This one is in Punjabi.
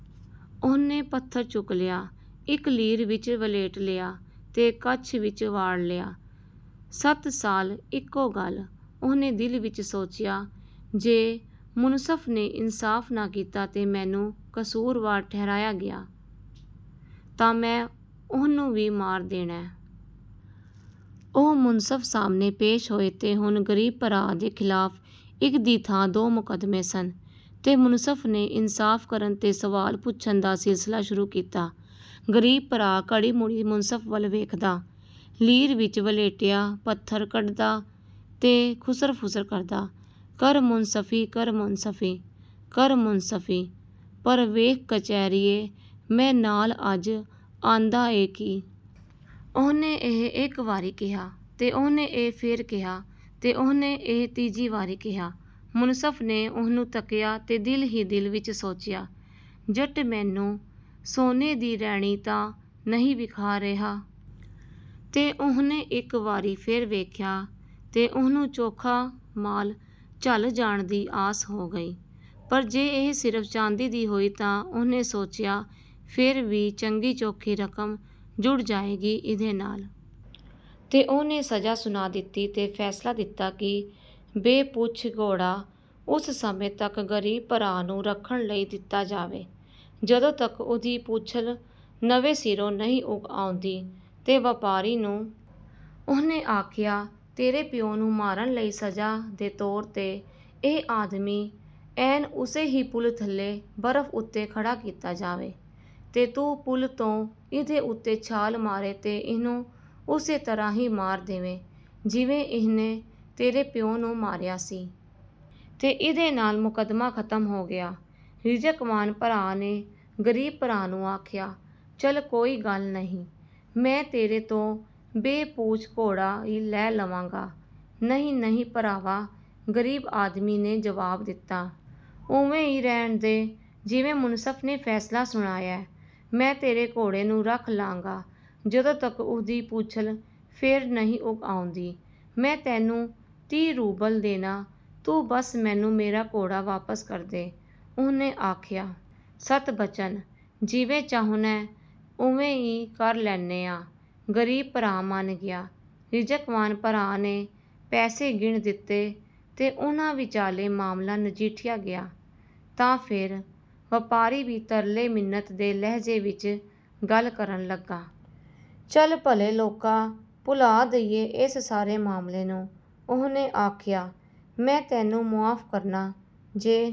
ਉਹਨੇ ਪੱਥਰ ਚੁੱਕ ਲਿਆ, ਇੱਕ ਲੀਰ ਵਿੱਚ ਵਲ੍ਹੇਟ ਲਿਆ ਤੇ ਕੱਛ ਵਿੱਚ ਵਾੜ ਲਿਆ। "ਸਤ ਸੱਲ, ਇਕੋ ਗੱਲ," ਉਹਨੇ ਦਿਲ ਵਿੱਚ ਸੋਚਿਆ। "ਜੇ ਮੁਨਸਫ਼ ਨੇ ਇਨਸਾਫ਼ ਨਾ ਕੀਤਾ ਤੇ ਮੈਨੂੰ ਕਸੂਰਵਾਰ ਠਹਿਰਾਇਆ ਗਿਆ, ਤਾਂ ਮੈਂ ਉਹਨੂੰ ਵੀ ਮਾਰ ਦੇਣੈ।" ਉਹ ਮੁਨਸਫ਼ ਸਾਹਮਣੇ ਪੇਸ਼ ਹੋਏ ਤੇ ਹੁਣ ਗ਼ਰੀਬ ਭਰਾ ਦੇ ਖ਼ਿਲਾਫ਼ ਇਕ ਦੀ ਥਾਂ ਦੋ ਮੁਕੱਦਮੇ ਸਨ। ਤੇ ਮੁਨਸਫ਼ ਨੇ ਇਨਸਾਫ਼ ਕਰਨ ਤੇ ਸਵਾਲ ਪੁੱਛਣ ਦਾ ਸਿਲਸਿਲਾ ਸ਼ੁਰੂ ਕੀਤਾ। ਗ਼ਰੀਬ ਭਰਾ ਘੜੀ-ਮੁੜੀ ਮੁਨਸਫ਼ ਵੱਲ ਵੇਖਦਾ, ਲੀਰ ਵਿੱਚ ਵਲ੍ਹੇਟਿਆ ਪੱਥਰ ਕੱਢਦਾ ਤੇ ਖੁਸਰ-ਫੁਸਰ ਕਰਦਾ, "ਕਰ ਮੁਨਸਫ਼ੀ, ਕਰ ਮੁਨਸਫ਼ੀ, ਕਰ ਮੁਨਸਫ਼ੀ, ਪਰ ਵੇਖ ਕਚਹਿਰੀਏ, ਮੈਂ ਨਾਲ ਅੱਜ ਆਂਦਾ ਏ ਕੀ!" ਉਹਨੇ ਇਹ ਇੱਕ ਵਾਰੀ ਕਿਹਾ, ਤੇ ਉਹਨੇ ਇਹ ਫੇਰ ਕਿਹਾ, ਤੇ ਉਹਨੇ ਇਹ ਤੀਜੀ ਵਾਰੀ ਕਿਹਾ। ਮੁਨਸਫ਼ ਨੇ ਉਹਨੂੰ ਤੱਕਿਆ ਤੇ ਦਿਲ ਹੀ ਦਿਲ ਵਿੱਚ ਸੋਚਿਆ, "ਜੱਟ ਮੈਨੂੰ ਸੋਨੇ ਦੀ ਰੈਣੀ ਤਾਂ ਨਹੀਂ ਵਿਖਾ ਰਿਹਾ?" ਤੇ ਉਹਨੇ ਇੱਕ ਵਾਰੀ ਫੇਰ ਵੇਖਿਆ ਤੇ ਉਹਨੂੰ ਚੋਖਾ ਮਾਲ ਝੱਲ ਜਾਣ ਦੀ ਆਸ ਹੋ ਗਈ। "ਪਰ ਜੇ ਇਹ ਸਿਰਫ਼ ਚਾਂਦੀ ਦੀ ਹੋਈ ਤਾਂ," ਉਹਨੇ ਸੋਚਿਆ, "ਫੇਰ ਵੀ ਚੰਗੀ-ਚੋਖੀ ਰਕਮ ਜੁੜ ਜਾਏਗੀ ਇਹਦੇ ਨਾਲ।" ਤੇ ਉਹਨੇ ਸਜ਼ਾ ਸੁਣਾ ਦਿੱਤੀ ਤੇ ਫ਼ੈਸਲਾ ਦਿੱਤਾ ਕਿ ਬੇ-ਪੂਛ ਘੋੜਾ ਉਸ ਸਮੇਂ ਤੱਕ ਗ਼ਰੀਬ ਭਰਾ ਨੂੰ ਰੱਖਣ ਲਈ ਦਿੱਤਾ ਜਾਵੇ, ਜਦੋਂ ਤੱਕ ਉਹਦੀ ਪੂਛਲ ਨਵੇਂ ਸਿਰੋਂ ਨਹੀਂ ਉੱਗ ਆਉਂਦੀ। ਤੇ ਵਪਾਰੀ ਨੂੰ ਉਹਨੇ ਆਖਿਆ, "ਤੇਰੇ ਪਿਉ ਨੂੰ ਮਾਰਨ ਲਈ ਸਜ਼ਾ ਦੇ ਤੌਰ 'ਤੇ ਇਹ ਆਦਮੀ ਐਨ ਓਸੇ ਹੀ ਪੁਲ ਥੱਲੇ ਬਰਫ਼ ਉੱਤੇ ਖੜ੍ਹਾ ਕੀਤਾ ਜਾਵੇ, ਤੇ ਤੂੰ ਪੁਲ ਤੋਂ ਇਹਦੇ ਉੱਤੇ ਛਾਲ ਮਾਰੇਂ ਤੇ ਇਹਨੂੰ ਉਸੇ ਤਰ੍ਹਾਂ ਹੀ ਮਾਰ ਦੇਵੇਂ, ਜਿਵੇਂ ਇਹਨੇ ਤੇਰੇ ਪਿਓ ਨੂੰ ਮਾਰਿਆ ਸੀ।" ਤੇ ਇਹਦੇ ਨਾਲ ਮੁਕੱਦਮਾ ਖ਼ਤਮ ਹੋ ਗਿਆ। ਰਿਜ਼ਕਵਾਨ ਭਰਾ ਨੇ ਗ਼ਰੀਬ ਭਰਾ ਨੂੰ ਆਖਿਆ, "ਚੱਲ, ਕੋਈ ਗੱਲ ਨਹੀਂ, ਮੈਂ ਤੇਰੇ ਤੋਂ ਬੇ-ਪੂਛ ਘੋੜਾ ਈ ਲੈ ਲਵਾਂਗਾ।""ਨਹੀਂ, ਨਹੀਂ, ਭਰਾਵਾ," ਗ਼ਰੀਬ ਆਦਮੀ ਨੇ ਜਵਾਬ ਦਿੱਤਾ। "ਉਵੇਂ ਈ ਰਹਿਣ ਦੇ, ਜਿਵੇਂ ਮੁਨਸਫ਼ ਨੇ ਫ਼ੈਸਲਾ ਸੁਣਾਇਐ। ਮੈਂ ਤੇਰੇ ਘੋੜੇ ਨੂੰ ਰੱਖ ਲਾਂਗਾ, ਜਦੋਂ ਤੱਕ ਉਹਦੀ ਪੂਛਲ ਫੇਰ ਨਹੀਂ ਉੱਗ ਆਉਂਦੀ।" "ਮੈਂ ਤੈਨੂੰ ਤੀਹ ਰੂਬਲ ਦੇਨਾਂ, ਤੂੰ ਬਸ ਮੈਨੂੰ ਮੇਰਾ ਘੋੜਾ ਵਾਪਸ ਕਰ ਦੇ," ਉਹਨੇ ਆਖਿਆ। "ਸਤ ਬਚਨ, ਜਿਵੇਂ ਚਾਹੁਣੈ, ਉਵੇਂ ਈ ਕਰ ਲੈਣੇ ਆਂ," ਗ਼ਰੀਬ ਭਰਾ ਮੰਨ ਗਿਆ। ਰਿਜ਼ਕਵਾਨ ਭਰਾ ਨੇ ਪੈਸੇ ਗਿਣ ਦਿੱਤੇ ਤੇ ਉਹਨਾਂ ਵਿਚਾਲੇ ਮਾਮਲਾ ਨਜਿੱਠਿਆ ਗਿਆ। ਤਾਂ ਫੇਰ, ਵਪਾਰੀ ਵੀ ਤਰਲੇ-ਮਿੰਨਤ ਦੇ ਲਹਿਜ਼ੇ ਵਿੱਚ ਗੱਲ ਕਰਨ ਲੱਗਾ। "ਚੱਲ, ਭਲੇ ਲੋਕਾ, ਭੁਲਾ ਦਈਏ ਏਸ ਸਾਰੇ ਮਾਮਲੇ ਨੂੰ," ਉਹਨੇ ਆਖਿਆ। "ਮੈਂ ਤੈਨੂੰ ਮੁਆਫ਼ ਕਰਨਾ। ਜੇ